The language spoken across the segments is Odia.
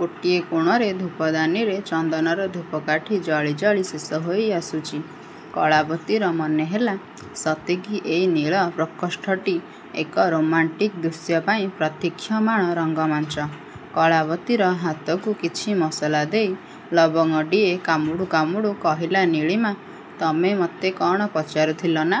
ଗୋଟିଏ କୋଣରେ ଧୂପଦାନୀରେ, ଚନ୍ଦନର ଧୂପକାଠି ଜଳିଜଳି ଶେଷ ହୋଇ ଆସୁଚି। କଳାବତୀର ମନେହେଲା ସତେକି ଏଇ ନୀଳ ପ୍ରକୋଷ୍ଠଟି ଏକ ରୋମାଣ୍ଟିକ୍ ଦୃଶ୍ୟ ପାଇଁ ପ୍ରତୀକ୍ଷମାଣ ରଙ୍ଗମଞ୍ଚ। କଳାବତୀର ହାତକୁ କିଛି ମସଲା ଦେଇ, ଲବଙ୍ଗଟିଏ କାମୁଡ଼ୁ କାମୁଡ଼ୁ କହିଲା ନୀଳିମା–ତମେ ମତେ କ'ଣ ପଚାରୁଥିଲ ନା?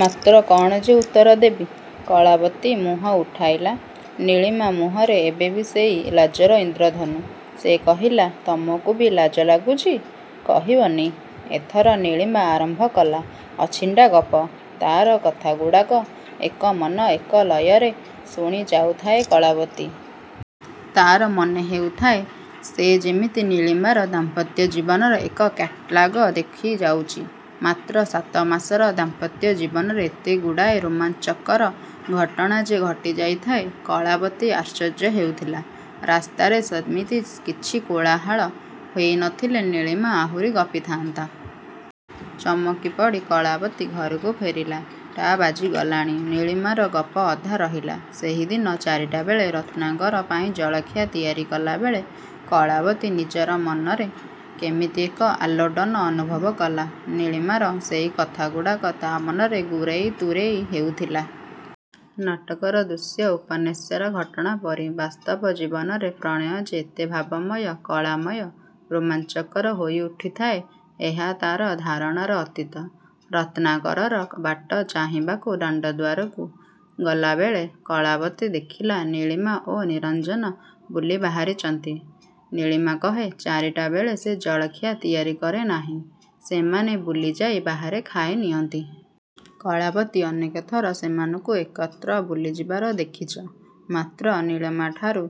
ମାତ୍ର କ'ଣ ଯେ ଉତ୍ତର ଦେବି। କଳାବତୀ ମୁହଁ ଉଠାଇଲା–! ନୀଳିମା ମୁହଁରେ ଏବେ ବି ସେଇ ଲାଜର ଇନ୍ଦ୍ରଧନୁ। ସେ କହିଲା–ତମକୁ ବି ଲାଜ ଲାଗୁଚି! କହିବନି? ଏଥର ନୀଳିମା ଆରମ୍ଭ କଲା ଅଛିଣ୍ଡାଗପ…। ତା'ର କଥାଗୁଡ଼ାକ ଏକମନ, ଏକଲୟରେ ଶୁଣି ଯାଉଥାଏ କଳାବତୀ। ତାର ମନେ ହେଉଥାଏ ସେ ଯେମିତି ନିଳୀମାର ଦାମ୍ପତ୍ୟ ଜୀବନର ଏକ କ୍ୟାଟ୍ଲାଗ ଦେଖି ଯାଉଚି। ମାତ୍ର ସାତମାସର ଦାମ୍ପତ୍ୟ ଜୀବନରେ ଏତେଗୁଡ଼ାଏ ରୋମାଂଚକର ଘଟଣା ଯେ' ଘଟିଯାଇଥାଏ, କଳାବତୀ ଆଶ୍ଚର୍ଯ୍ୟ ହେଉଥିଲା। ରାସ୍ତାରେ ସେମିତି କିଛି କୋଳାହଳ ହେଇ ନ ଥିଲେ ନୀଳିମା ଆହୁରି ଗପିଥାନ୍ତା। ଚମକି ପଡ଼ି କଳାବତୀ ଘରକୁ ଫେରିଲା! ଟା ବାଜିଗଲାଣି। ନୀଳିମାର ଗପ ଅଧା ରହିଲା– ସେହିଦିନ ଚାରିଟା ବେଳେ, ରତ୍ନାକର ପାଇଁ ଜଳଖିଆ ତିଆରି କଲାବେଳେ, କଳାବତୀ ନିଜର ମନରେ କେମିତି ଏକ ଆଲୋଡ଼ନ ଅନୁଭବ କଲା। ନୀଳିମାର ସେହି କଥାଗୁଡ଼ାକ, ତା' ମନରେ ଗୁରେଇ ତୁରେଇ ହେଉଥିଲା। ନାଟକର ଦୃଶ୍ୟ, ଉପନ୍ୟାସର ଘଟଣା ପରି, ବାସ୍ତବ ଜୀବନରେ ପ୍ରଣୟ ଯେ ଏତେ ଭାବମୟ, କଳାମୟ, ରୋମାଞ୍ଚକର ହୋଇ ଉଠିଥାଏ ଏହା ତାର ଧାରଣାର ଅତୀତ। ରତ୍ନାକରର ବାଟ ଚାହିଁବାକୁ ଦାଣ୍ଡଦ୍ୱାରକୁ ଚଲାବେଳେ କଳାବତୀ ଦେଖିଲା, ନୀଳିମା ଓ ନିରଞ୍ଜନ ବୁଲି ବାହାରିଚନ୍ତି। ନୀଳିମା କହେ ଚାରିଟା ବେଳେ ସେ ଜଳଖିଆ ତିଆରି କରେ ନାହିଁ, ସେମାନେ ବୁଲିଯାଇ ବାହାରେ ଖାଇ ନିଅନ୍ତି। କଳାବତୀ ଅନେକ ଥର ସେମାନଙ୍କୁ ଏକତ୍ର ବୁଲିଯିବାର ଦେଖିଚ। ମାତ୍ର ନୀଳିମାଠାରୁ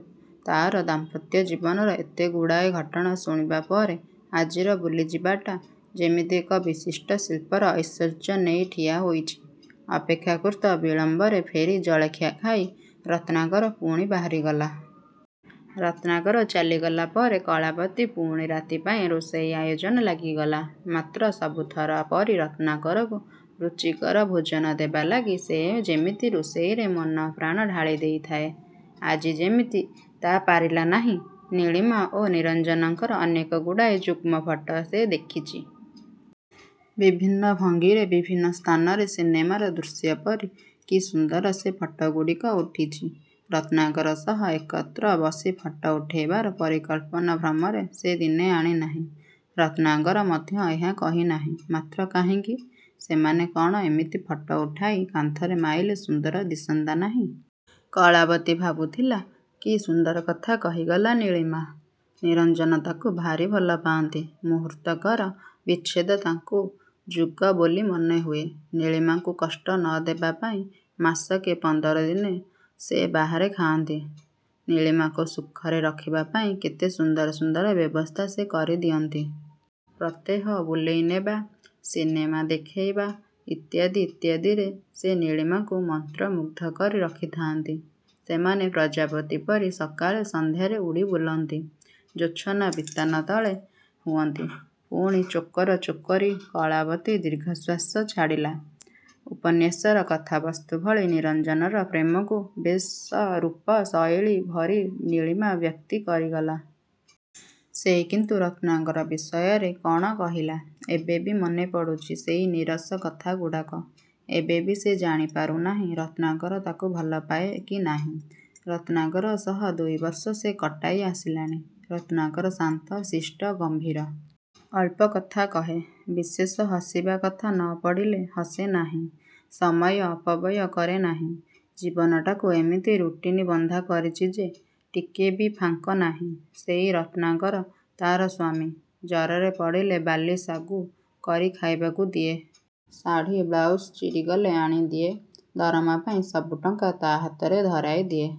ତାର ଦାମ୍ପତ୍ୟ ଜୀବନର ଏତେଗୁଡ଼ାଏ ଘଟଣା ଶୁଣିବା ପରେ, ଆଜିର ବୁଲିଯିବାଟା ଯେମିତି ଏକ ବିଶିଷ୍ଟ ଶିଳ୍ପର ଐଶ୍ୱର୍ଯ୍ୟ ନେଇ ଠିଆ ହୋଇଚି। ଅପେକ୍ଷାକୃତ ବିଳମ୍ବରେ ଫେରି ଜଳଖିଆ ଖାଇ, ରତ୍ନାକର ପୁଣି ବାହାରିଗଲା। ରତ୍ନାକର ଚାଲିଗଲା ପରେ କଳାବତୀ ପୁଣି ରାତି ପାଇଁ ରୋଷେଇ ଆୟୋଜନ ଲାଗିଗଲା। ମାତ୍ର ସବୁ ଥର ପରି ରତ୍ନାକରକୁ ରୁଚିକର ଭୋଜନ ଦେବା ଲାଗି ସେ ଯେମିତି ରୋଷେଇରେ ମନପ୍ରାଣ ଢାଳି ଦେଇଥାଏ, ଆଜି ଯେମିତି ତା' ପାରିଲା ନାହିଁ। ନୀଳିମା ଓ ନିରଞ୍ଜନଙ୍କର ଅନେକଗୁଡ଼ାଏ ଯୁଗ୍ମଫଟ ସେ ଦେଖିଚି। ବିଭିନ୍ନ ଭଙ୍ଗୀରେ, ବିଭିନ୍ନ ସ୍ଥାନରେ। ସିନେମାର ଦୃଶ୍ୟପରି କି ସୁନ୍ଦର ସେ ଫଟଗୁଡ଼ିକ ଉଠିଚି। ରତ୍ନାକର ସହ ଏକତ୍ର ବସି ଫଟ ଉଠାଇବାର ପରିକଳ୍ପନା ଭ୍ରମରେ ସେ ଦିନେ ଆଣି ନାହିଁ। ରତ୍ନାକର ମଧ୍ୟ ଏହା କହିନାହିଁ। ମାତ୍ର କାହିଁକି? ସେମାନେ କ'ଣ ଏମିତି ଫଟ ଉଠାଇ କାନ୍ଥରେ ମାଇଲେ ସୁନ୍ଦର ଦିଶନ୍ତା ନାହିଁ? କଳାବତୀ ଭାବୁଥିଲା–କି ସୁନ୍ଦର କଥା କହିଗଲା ନୀଳିମା–ନିରଞ୍ଜନ ତାକୁ ଭାରି ଭଲ ପାଆନ୍ତି। ମୁହୂର୍ତ୍ତକର ବିଚ୍ଛେଦ ତାଙ୍କୁ ଯୁଗ ବୋଲି ମନେହୁଏ। ନୀଳିମାକୁ କଷ୍ଟ ନ ଦେବା ପାଇଁ ମାସକେ ପନ୍ଦର ଦିନ ସେ ବାହାରେ ଖାଆନ୍ତି। ନୀଳିମାକୁ ସୁଖରେ ରଖିବା ପାଇଁ କେତେ ସୁନ୍ଦର ସୁନ୍ଦର ବ୍ୟବସ୍ଥା ସେ କରି ଦିଅନ୍ତି। ପ୍ରତ୍ୟେହ ବୁଲେଇ ନେବା, ସିନେମା ଦେଖାଇବା, ଇତ୍ୟାଦି ଇତ୍ୟାଦିରେ ସେ ନୀଳିମାକୁ ମନ୍ତ୍ର ମୁଗ୍ଧ କରି ରଖିଥାନ୍ତି। ସେମାନେ ପ୍ରଜାପତିପରି ସକାଳେ ସନ୍ଧ୍ୟାରେ ଉଡ଼ି ବୁଲନ୍ତି। ଜୋଛନା ବିତାନ ତଳେ ହୁଅନ୍ତି ପୁଣି ଚକୋର, ଚକୋରୀ। କଳାବତୀ ଦୀର୍ଘଶ୍ଵାସ ଛାଡ଼ିଲା। ଉପନ୍ୟାସର କଥାବସ୍ତୁ ଭଳି ନିରଞ୍ଜନର ପ୍ରେମକୁ ବେଶ ରୂପ ଶୈଳୀ ଭରି ନୀଳିମା ବ୍ୟକ୍ତି କରିଗଲା। ସେ କିନ୍ତୁ ରତ୍ନାକର ବିଷୟରେ କ'ଣ କହିଲା-? ଏବେ ବି ମନେ ପଡ଼ୁଚି ସେଇ ନୀରସ କଥାଗୁଡ଼ାକ। ଏବେ ବି ସେ ଜାଣି ପାରୁନାହିଁ ରତ୍ନାକର ତାକୁ ଭଲପାଏ କି ନାହିଁ, ରତ୍ନାକର ସହ ଦୁଇବର୍ଷ ସେ କଟାଇ ଆସିଲାଣି। ରତ୍ନାକର ଶାନ୍ତ, ଶିଷ୍ଟ, ଗମ୍ଭୀର। ଅଳ୍ପକଥା କହେ। ବିଶେଷ ହସିବା କଥା ନ ପଡ଼ିଲେ ହସେ ନାହିଁ। ସମୟ ଅପବ୍ୟୟ କରେ ନାହିଁ। ଜୀବନଟାକୁ ଏମିତି ରୁଟିନ ବନ୍ଧା କରିଚି ଯେ, ଟିକେ ବି ଫାଙ୍କ ନାହିଁ। ସେଇ ରତ୍ନାକର ତାର ସ୍ୱାମୀ। ଜରରେ ପଡ଼ିଲେ ବାର୍ଲିସାଗୁ କରି ଖାଇବାକୁ ଦିଏ। ଶାଢ଼ି ବ୍ଲାଉଜ ଚିରି ଗଲେ ଆଣିଦିଏ। ଦରମା ପାଇଁ ସବୁଟଙ୍କା ତା' ହାତରେ ଧରାଇଦିଏ।